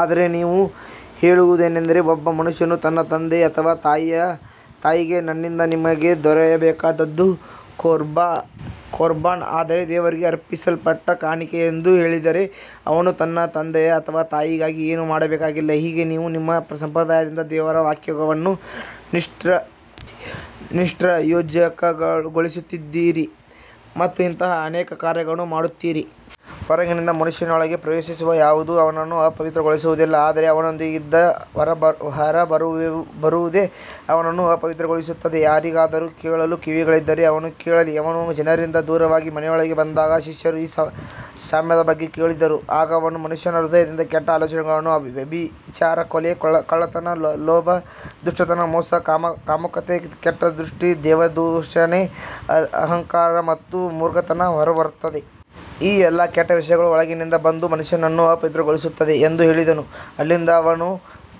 ಆದರೆ ನೀವು ಹೇಳುವುದೇನೆಂದರೆ, ಒಬ್ಬ ಮನುಷ್ಯನು ತನ್ನ ತಂದೆ ಅಥವಾ ತಾಯಿಗೆ, ನನ್ನಿಂದ ನಿಮಗೆ ದೊರೆಯಬೇಕಾದದ್ದು ಕೊರ್ಬಾನ್, ಅಂದರೆ ದೇವರಿಗೆ ಅರ್ಪಿಸಲ್ಪಟ್ಟ ಕಾಣಿಕೆ ಎಂದು ಹೇಳಿದರೆ, ಅವನು ತನ್ನ ತಂದೆ ಅಥವಾ ತಾಯಿಗಾಗಿ ಏನೂ ಮಾಡಬೇಕಾಗಿಲ್ಲ. ಹೀಗೆ ನೀವು ನಿಮ್ಮ ಸಂಪ್ರದಾಯದಿಂದ ದೇವರ ವಾಕ್ಯವನ್ನು ನಿಷ್ಪ್ರಯೋಜಕಗೊಳಿಸುತ್ತೀರಿ ಮತ್ತು ಇಂತಹ ಅನೇಕ ಕಾರ್ಯಗಳನ್ನು ಮಾಡುತ್ತೀರಿ. ಹೊರಗಿನಿಂದ ಮನುಷ್ಯನೊಳಗೆ ಪ್ರವೇಶಿಸುವ ಯಾವುದೂ ಅವನನ್ನು ಅಪವಿತ್ರಗೊಳಿಸುವುದಿಲ್ಲ, ಆದರೆ ಅವನೊಳಗಿಂದ ಹೊರಬರುವುದೇ ಅವನನ್ನು ಅಪವಿತ್ರಗೊಳಿಸುತ್ತದೆ. ಯಾರಿಗಾದರೂ ಕೇಳಲು ಕಿವಿಗಳಿದ್ದರೆ ಅವನು ಕೇಳಲಿ. ಅವನು ಜನರಿಂದ ದೂರವಾಗಿ ಮನೆಯೊಳಗೆ ಬಂದಾಗ ಶಿಷ್ಯರು ಈ ಸಾಮ್ಯದ ಬಗ್ಗೆ ಕೇಳಿದರು. ಆಗ ಅವನು, ಮನುಷ್ಯನ ಹೃದಯದಿಂದ ಕೆಟ್ಟ ಆಲೋಚನೆಗಳು, ವ್ಯಭಿಚಾರ, ಕೊಲೆ, ಕಳ್ಳತನ, ಲೋಭ, ದುಷ್ಟತನ, ಮೋಸ, ಕಾಮುಕತೆ, ಕೆಟ್ಟ ದೃಷ್ಟಿ, ದೇವದೂಷಣೆ, ಅಹಂಕಾರ ಮತ್ತು ಮೂರ್ಖತನ ಹೊರಬರುತ್ತವೆ. ಈ ಎಲ್ಲಾ ಕೆಟ್ಟ ವಿಷಯಗಳು ಒಳಗಿನಿಂದ ಬಂದು ಮನುಷ್ಯನನ್ನು ಅಪವಿತ್ರಗೊಳಿಸುತ್ತವೆ ಎಂದು ಹೇಳಿದನು. ಅಲ್ಲಿಂದ ಅವನು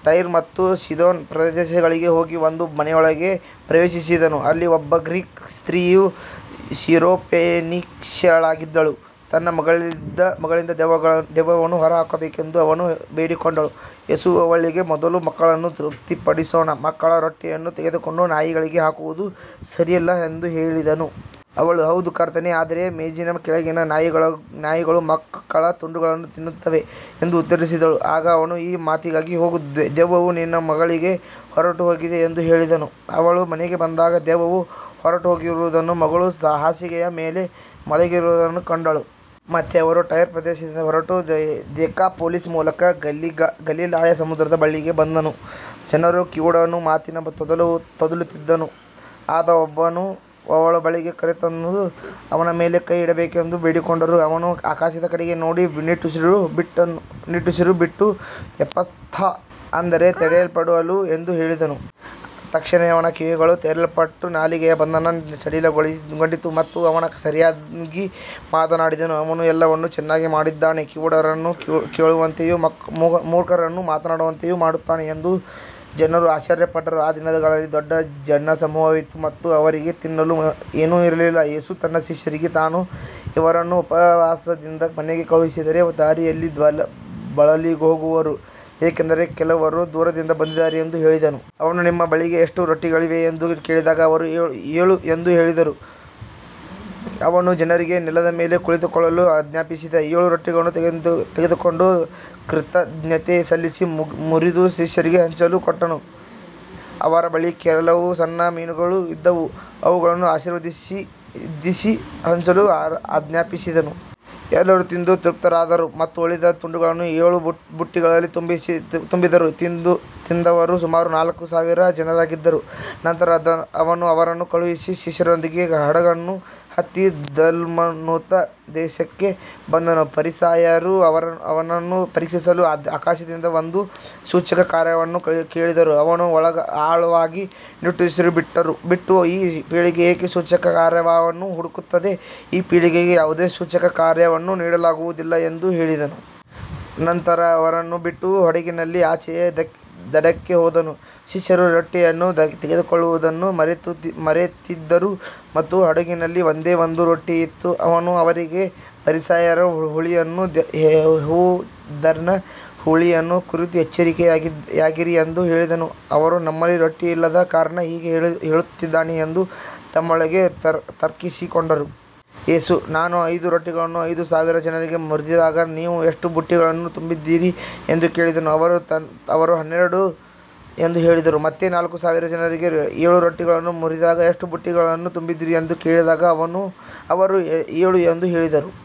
ಟೈರ್ ಮತ್ತು ಸೀದೋನ್ ಪ್ರದೇಶಗಳಿಗೆ ಹೋಗಿ ಒಂದು ಮನೆಯೊಳಗೆ ಪ್ರವೇಶಿಸಿದನು. ಅಲ್ಲಿ ಒಬ್ಬ ಗ್ರೀಕ್ ಸ್ತ್ರೀಯು, ಸಿರೊಫೆನಿಷ್ಯಳಾಗಿದ್ದು, ತನ್ನ ಮಗಳಿಂದ ದೆವ್ವವನ್ನು ಹೊರಹಾಕಬೇಕೆಂದು ಅವನನ್ನು ಬೇಡಿಕೊಂಡಳು. ಯೇಸು ಅವಳಿಗೆ, ಮೊದಲು ಮಕ್ಕಳನ್ನು ತೃಪ್ತಿಪಡಿಸೋಣ, ಮಕ್ಕಳ ರೊಟ್ಟಿಯನ್ನು ತೆಗೆದುಕೊಂಡು ನಾಯಿಗಳಿಗೆ ಹಾಕುವುದು ಸರಿಯಲ್ಲ ಎಂದು ಹೇಳಿದನು. ಅವಳು, ಹೌದು ಕರ್ತನೇ, ಆದರೆ ಮೇಜಿನ ಕೆಳಗಿನ ನಾಯಿಗಳೂ ಮಕ್ಕಳ ತುಂಡುಗಳನ್ನು ತಿನ್ನುತ್ತವೆ ಎಂದು ಉತ್ತರಿಸಿದಳು. ಆಗ ಅವನು, ಈ ಮಾತಿಗಾಗಿ ಹೋಗು, ದೆವ್ವವು ನಿನ್ನ ಮಗಳಿಂದ ಹೊರಟುಹೋಗಿದೆ ಎಂದು ಹೇಳಿದನು. ಅವಳು ಮನೆಗೆ ಬಂದಾಗ ದೆವ್ವವು ಹೊರಟುಹೋಗಿರುವುದನ್ನೂ ಮಗಳು ಹಾಸಿಗೆಯ ಮೇಲೆ ಮಲಗಿರುವುದನ್ನೂ ಕಂಡಳು. ಮತ್ತೆ ಅವನು ಟೈರ್ ಪ್ರದೇಶದಿಂದ ಹೊರಟು ದೆಕಾಪೊಲಿಸ್ ಮೂಲಕ ಗಲಿಲಾಯ ಸಮುದ್ರದ ಬಳಿಗೆ ಬಂದನು. ಜನರು ಕಿವುಡನೂ ಮಾತಿಗೆ ತೊದಲುತ್ತಿದ್ದವನೂ ಆದ ಒಬ್ಬನನ್ನು ಅವನ ಬಳಿಗೆ ಕರೆತಂದು ಅವನ ಮೇಲೆ ಕೈ ಇಡಬೇಕೆಂದು ಬೇಡಿಕೊಂಡರು. ಅವನು ಆಕಾಶದ ಕಡೆಗೆ ನೋಡಿ ನಿಟ್ಟುಸಿರುಬಿಟ್ಟು, ಎಫ್ಫಥಾ, ಅಂದರೆ ತೆರೆಯಲ್ಪಡು ಎಂದು ಹೇಳಿದನು. ತಕ್ಷಣವೇ ಅವನ ಕಿವಿಗಳು ತೆರೆಯಲ್ಪಟ್ಟು ನಾಲಿಗೆಯ ಬಂಧನ ಸಡಿಲಗೊಂಡಿತು ಮತ್ತು ಅವನು ಸರಿಯಾಗಿ ಮಾತನಾಡಿದನು. ಅವನು ಎಲ್ಲವನ್ನೂ ಚೆನ್ನಾಗಿ ಮಾಡಿದ್ದಾನೆ, ಕಿವುಡರನ್ನು ಕೇಳುವಂತೆಯೂ ಮೂಕರನ್ನು ಮಾತನಾಡುವಂತೆಯೂ ಮಾಡುತ್ತಾನೆ ಎಂದು ಜನರು ಆಶ್ಚರ್ಯಪಟ್ಟರು. ಆ ದಿನಗಳಲ್ಲಿ ದೊಡ್ಡ ಜನಸಮೂಹವಿತ್ತು ಮತ್ತು ಅವರಿಗೆ ತಿನ್ನಲು ಏನೂ ಇರಲಿಲ್ಲ. ಯೇಸು ತನ್ನ ಶಿಷ್ಯರಿಗೆ, ನಾನು ಇವರನ್ನು ಉಪವಾಸದಿಂದ ಮನೆಗೆ ಕಳುಹಿಸಿದರೆ ದಾರಿಯಲ್ಲಿ ಬಳಲಿಹೋಗುವರು, ಏಕೆಂದರೆ ಕೆಲವರು ದೂರದಿಂದ ಬಂದಿದ್ದಾರೆ ಎಂದು ಹೇಳಿದನು. ಅವನು, ನಿಮ್ಮ ಬಳಿ ಎಷ್ಟು ರೊಟ್ಟಿಗಳಿವೆ ಎಂದು ಕೇಳಿದಾಗ ಅವರು, ಏಳು ಎಂದು ಹೇಳಿದರು. ಅವನು ಜನರಿಗೆ ನೆಲದ ಮೇಲೆ ಕುಳಿತುಕೊಳ್ಳಲು ಆಜ್ಞಾಪಿಸಿ, ಏಳು ರೊಟ್ಟಿಗಳನ್ನು ತೆಗೆದುಕೊಂಡು ಕೃತಜ್ಞತೆ ಸಲ್ಲಿಸಿ ಮುರಿದು ಶಿಷ್ಯರಿಗೆ ಹಂಚಲು ಕೊಟ್ಟನು. ಅವರ ಬಳಿ ಕೆಲವು ಸಣ್ಣ ಮೀನುಗಳೂ ಇದ್ದವು. ಅವುಗಳನ್ನು ಆಶೀರ್ವದಿಸಿ ಹಂಚಲು ಆಜ್ಞಾಪಿಸಿದನು. ಎಲ್ಲರೂ ತಿಂದು ತೃಪ್ತರಾದರು ಮತ್ತು ಉಳಿದ ತುಂಡುಗಳನ್ನು ಏಳು ಬುಟ್ಟಿಗಳಲ್ಲಿ ತುಂಬಿದರು. ತಿಂದವರು ಸುಮಾರು ನಾಲ್ಕು ಸಾವಿರ ಜನರಾಗಿದ್ದರು. ನಂತರ ಅವನು ಅವರನ್ನು ಕಳುಹಿಸಿ ಶಿಷ್ಯರೊಂದಿಗೆ ಹಡಗನ್ನು ಹತ್ತಿ ದಲ್ಮನೂತ ಪ್ರದೇಶಕ್ಕೆ ಬಂದನು. ಫರಿಸಾಯರು ಅವನನ್ನು ಪರೀಕ್ಷಿಸಲು ಆಕಾಶದಿಂದ ಒಂದು ಸೂಚಕಕಾರ್ಯವನ್ನು ಕೇಳಿದರು. ಅವನು ಆಳವಾಗಿ ನಿಟ್ಟುಸಿರುಬಿಟ್ಟು, ಈ ಪೀಳಿಗೆ ಏಕೆ ಸೂಚಕಕಾರ್ಯವನ್ನು ಹುಡುಕುತ್ತದೆ, ಈ ಪೀಳಿಗೆಗೆ ಯಾವುದೇ ಸೂಚಕಕಾರ್ಯವನ್ನು ನೀಡಲಾಗುವುದಿಲ್ಲ ಎಂದು ಹೇಳಿದನು. ನಂತರ ಅವರನ್ನು ಬಿಟ್ಟು ಹಡಗಿನಲ್ಲಿ ಆಚೆಯ ದಡಕ್ಕೆ ಹೋದನು. ಶಿಷ್ಯರು ರೊಟ್ಟಿಯನ್ನು ತೆಗೆದುಕೊಳ್ಳುವುದನ್ನು ಮರೆತಿದ್ದರು ಮತ್ತು ಹಡಗಿನಲ್ಲಿ ಒಂದೇ ಒಂದು ರೊಟ್ಟಿ ಇತ್ತು. ಅವನು ಅವರಿಗೆ, ಫರಿಸಾಯರ ಹುಳಿಯನ್ನೂ ಹೆರೋದನ ಹುಳಿಯನ್ನೂ ಕುರಿತು ಎಚ್ಚರಿಕೆಯಾಗಿರಿ ಎಂದು ಹೇಳಿದನು. ಅವರು ನಮ್ಮಲ್ಲಿ ರೊಟ್ಟಿಯಿಲ್ಲದ ಕಾರಣ ಹೀಗೆ ಹೇಳುತ್ತಿದ್ದಾನೆ ಎಂದು ತಮ್ಮೊಳಗೆ ತರ್ಕಿಸಿಕೊಂಡರು. ಯೇಸು, ನಾನು ಐದು ರೊಟ್ಟಿಗಳನ್ನು ಐದು ಸಾವಿರ ಜನರಿಗೆ ಮುರಿದಾಗ ನೀವು ಎಷ್ಟು ಬುಟ್ಟಿಗಳನ್ನು ತುಂಬಿದಿರಿ ಎಂದು ಕೇಳಿದನು. ಅವರು, ಹನ್ನೆರಡು ಎಂದು ಹೇಳಿದರು. ಮತ್ತೆ ನಾಲ್ಕು ಸಾವಿರ ಜನರಿಗೆ ಏಳು ರೊಟ್ಟಿಗಳನ್ನು ಮುರಿದಾಗ ಎಷ್ಟು ಬುಟ್ಟಿಗಳನ್ನು ತುಂಬಿದಿರಿ ಎಂದು ಕೇಳಿದಾಗ ಅವರು, ಏಳು ಎಂದು ಹೇಳಿದರು.